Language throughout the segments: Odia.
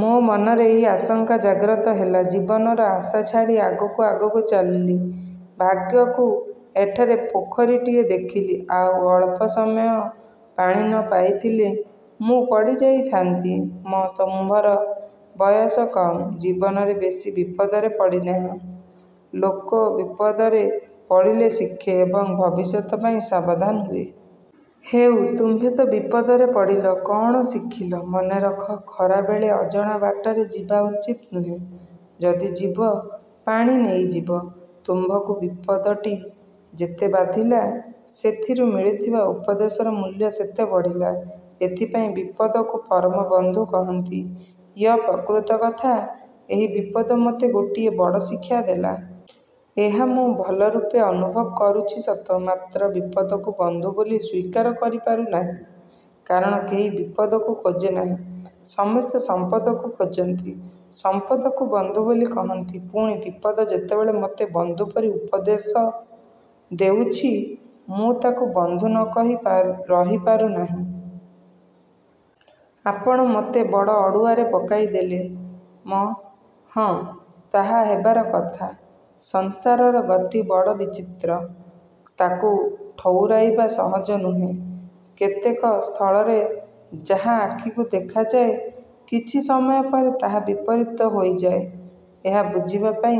ମୋ ମନରେ ଏହି ଆଶଙ୍କା ଜାଗ୍ରତ ହେଲା। ଜୀବନର ଆଶା ଛାଡ଼ି ଆଗକୁ ଆଗକୁ ଚାଲିଲି। ଭାଗ୍ୟକୁ ଏଠାରେ ପୋଖରୀଟିଏ ଦେଖିଲି। ଆଉ ଅଳ୍ପ ସମୟ ପାଣି ନ ପାଇଥିଲେ ମୁଁ ପଡ଼ିଯାଇଥାନ୍ତି। ମ-ତୁମ୍ଭର ବୟସ କମ୍। ଜୀବନରେ ବେଶୀ ବିପଦରେ ପଡ଼ିନାହଁ। ଲୋକ ବିପଦରେ ପଡ଼ିଲେ ଶିଖେ ଏବଂ ଭବିଷ୍ୟତ ପାଇଁ ସାବଧାନ ହୁଏ। ହେଉ, ତୁମ୍ଭେ ତ ବିପଦରେ ପଡ଼ିଲ, କଅଣ ଶିଖିଲ? ମନେରଖ, ଖରାବେଳେ ଅଜଣା ବାଟରେ ଯିବା ଉଚିତ ନୁହେଁ। ଯଦି ଯିବ, ପାଣି ନେଇଯିବ। ତୁମ୍ଭଙ୍କୁ ବିପଦଟି ଯେତେ ବାଧିଲା, ସେଥିରୁ ମିଳିଥିବା ଉପଦେଶର ମୂଲ୍ୟ ସେତେ ବଢ଼ିଲା। ଏଥିପାଇଁ ବିପଦକୁ ପରମବନ୍ଧୁ କହନ୍ତି। ୟ-ପ୍ରକୃତ କଥା, ଏହି ବିପଦ ମୋତେ ଗୋଟିଏ ବଡ଼ ଶିକ୍ଷା ଦେଲା। ଏହା ମୁଁ ଭଲରୂପେ ଅନୁଭବ କରୁଛି ସତ, ମାତ୍ର ବିପଦକୁ ବନ୍ଧୁ ବୋଲି ସ୍ଵୀକାର କରିପାରୁନାହିଁ। କାରଣ କେହି ବିପଦକୁ ଖୋଜେ ନାହିଁ, ସମସ୍ତେ ସମ୍ପଦକୁ ଖୋଜନ୍ତି; ସମ୍ପଦକୁ ବନ୍ଧୁ ବୋଲି କହନ୍ତି। ପୁଣି ବିପଦ ଯେତେବେଳେ ମୋତେ ବନ୍ଧୁପରି ଉପଦଶେ ଦେଉଛି, ମୁଁ ତାକୁ ବନ୍ଧୁ ନ କହି ରହିପାରୁ ନାହିଁ-। ଆପଣ ମୋତେ ବଡ଼ ଅଡ଼ୁଆରେ ପକାଇଦେଲେ। ମ-ହଁ, ତାହା ହେବାର କଥା। ସଂସାରର ଗତି ବଡ଼ ବିଚିତ୍ର। ତାକୁ ଠଉରାଇବା ସହଜ ନୁହେଁ। କେତେକ ସ୍ଥଳରେ ଯାହା ଆଖିକୁ ଦେଖାଯାଏ, କିଛି ସମୟ ପରେ ତାହା ବିପରୀତ ହୋଇଯାଏ। ଏହା ବୁଝିବା ପାଇଁ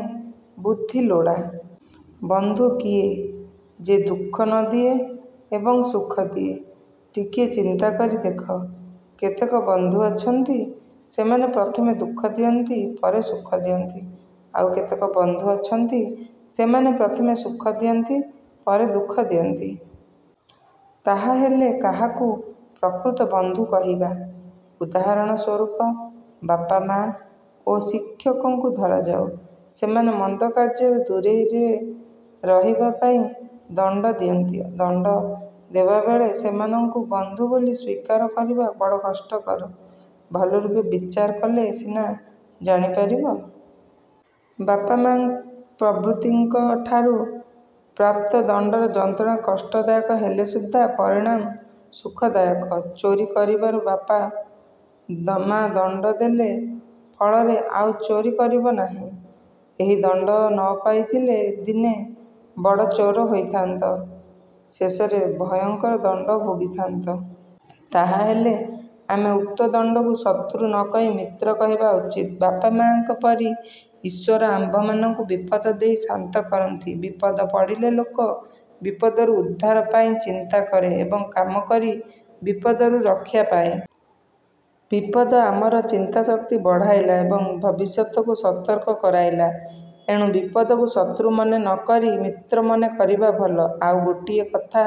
ବୁଦ୍ଧି ଲୋଡ଼ା। ବନ୍ଧୁ କିଏ? ଯେ ଦୁଃଖ ନ ଦିଏ ଏବଂ ସୁଖ ଦିଏ-। ଟିକିଏ ଚିନ୍ତା କରି ଦେଖ। କେତେକ ବନ୍ଧୁ ଅଛନ୍ତି ସେମାନେ ପ୍ରଥମେ ଦୁଃଖ ଦିଅନ୍ତି ପରେ ସୁଖ ଦିଅନ୍ତି-। ଆଉ କେତେକ ବନ୍ଧୁ ଅଛନ୍ତି, ସେମାନେ ପ୍ରଥମେ ସୁଖ ଦିଅନ୍ତି ପରେ ଦୁଃଖ ଦିଅନ୍ତି। ତାହାହେଲେ କାହାକୁ ପ୍ରକୃତ ବନ୍ଧୁ କହିବା? ଉଦାହରଣ ସ୍ୱରୂପ ବାପ-ମା ଓ ଶିକ୍ଷକଙ୍କୁ ଧରାଯାଉ। ସେମାନେ ମନ୍ଦ କାର୍ଯ୍ୟରୁ ଦୂରରେ ରହିବା ପାଇଁ ଦଣ୍ଡ ଦିଅନ୍ତି। ଦଣ୍ଡ ଦେବାବେଳେ ସେମାନଙ୍କୁ ବନ୍ଧୁ ବୋଲି ସ୍ଵୀକାର କରିବା ବଡ଼ କଷ୍ଟକର। ଭଲରୂପେ ବିଚାର କଲେ ସିନା ଜାଣି ପାରିବ। ବାପ-ମା ପ୍ରଭୃତିଙ୍କ ଠାରୁ ପ୍ରାପ୍ତ ଦଣ୍ଡର ଯନ୍ତ୍ରଣା କଷ୍ଟ ଦାୟକ ହେଲେ ସୁଦ୍ଧା ପରିଣାମ ସୁଖ ଦାୟକ। ଚୋରି କରିବାରୁ ବାପ ମା ଦଣ୍ଡ ଦେଲେ ଫଳରେ ଆଉ ଚୋରି କରିବ ନାହିଁ। ଏହି ଦଣ୍ଡ ନ ପାଇଥିଲେ ଦିନେ ବଡ଼ଚୋର ହୋଇଥାନ୍ତ। ଶେଷରେ ଭୟଙ୍କର ଦଣ୍ଡ ଭୋଗିଥାନ୍ତ। ତାହାହେଲେ ଆମେ ଉକ୍ତ ଦଣ୍ଡକୁ ଶତ୍ରୁ ନ କହି ମିତ୍ର କହିବା ଉଚିତ। ବାପା ମା'ଙ୍କ ପରି ଈଶ୍ଵର ଆମ୍ଭମାନଙ୍କୁ ବିପଦ ଦେଇ ଶାନ୍ତ କରନ୍ତି। ବିପଦ ପଡ଼ିଲେ ଲୋକ ବିପଦରୁ ଉଦ୍ଧାର ପାଇଁ ଚିନ୍ତା କରେ ଏବଂ କାମ କରି ବିପଦରୁ ରକ୍ଷା ପାଏ। ବିପଦ ଆମର ଚିନ୍ତାଶକ୍ତି ବଢ଼ାଇଲା ଏବଂ ଭବିଷ୍ୟତକୁ ସତର୍କ କରାଇଲା। ଏଣୁ ବିପଦକୁ ଶତ୍ରୁ ମନେ ନ କରି ମିତ୍ର ମନେ କରିବା ଭଲ। ଆଉ ଗୋଟିଏ କଥା,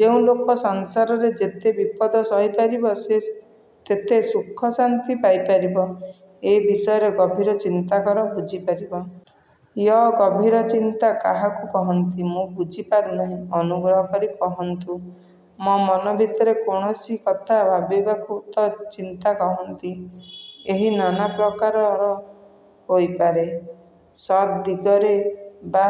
ଯେଉଁ ଲୋକ ସଂସାରରେ ଯେତେ ବିପଦ ସହିପାରିବ ସେ ତେତେ ସୁଖ ଶାନ୍ତି ପାଇପାରିବ। ଏ ବିଷୟରେ ଗଭୀର ଚିନ୍ତା କର, ବୁଝି ପାରିବ-। ୟ-ଗଭୀରଚିନ୍ତା କାହାକୁ କହନ୍ତି, ମୁଁ ବୁଝିପାରୁନାହିଁ; ଅନୁଗ୍ରହ କରି କହନ୍ତୁ। ମ-ମନ ଭିତରେ କୌଣସି କଥା ଭାବିବାକୁ ତ ଚିନ୍ତା କହନ୍ତି? ଏହି ଚିନ୍ତା ନାନାପ୍ରକାର ହୋଇପାରେ, ସତ୍ ଦିଗରେ ବା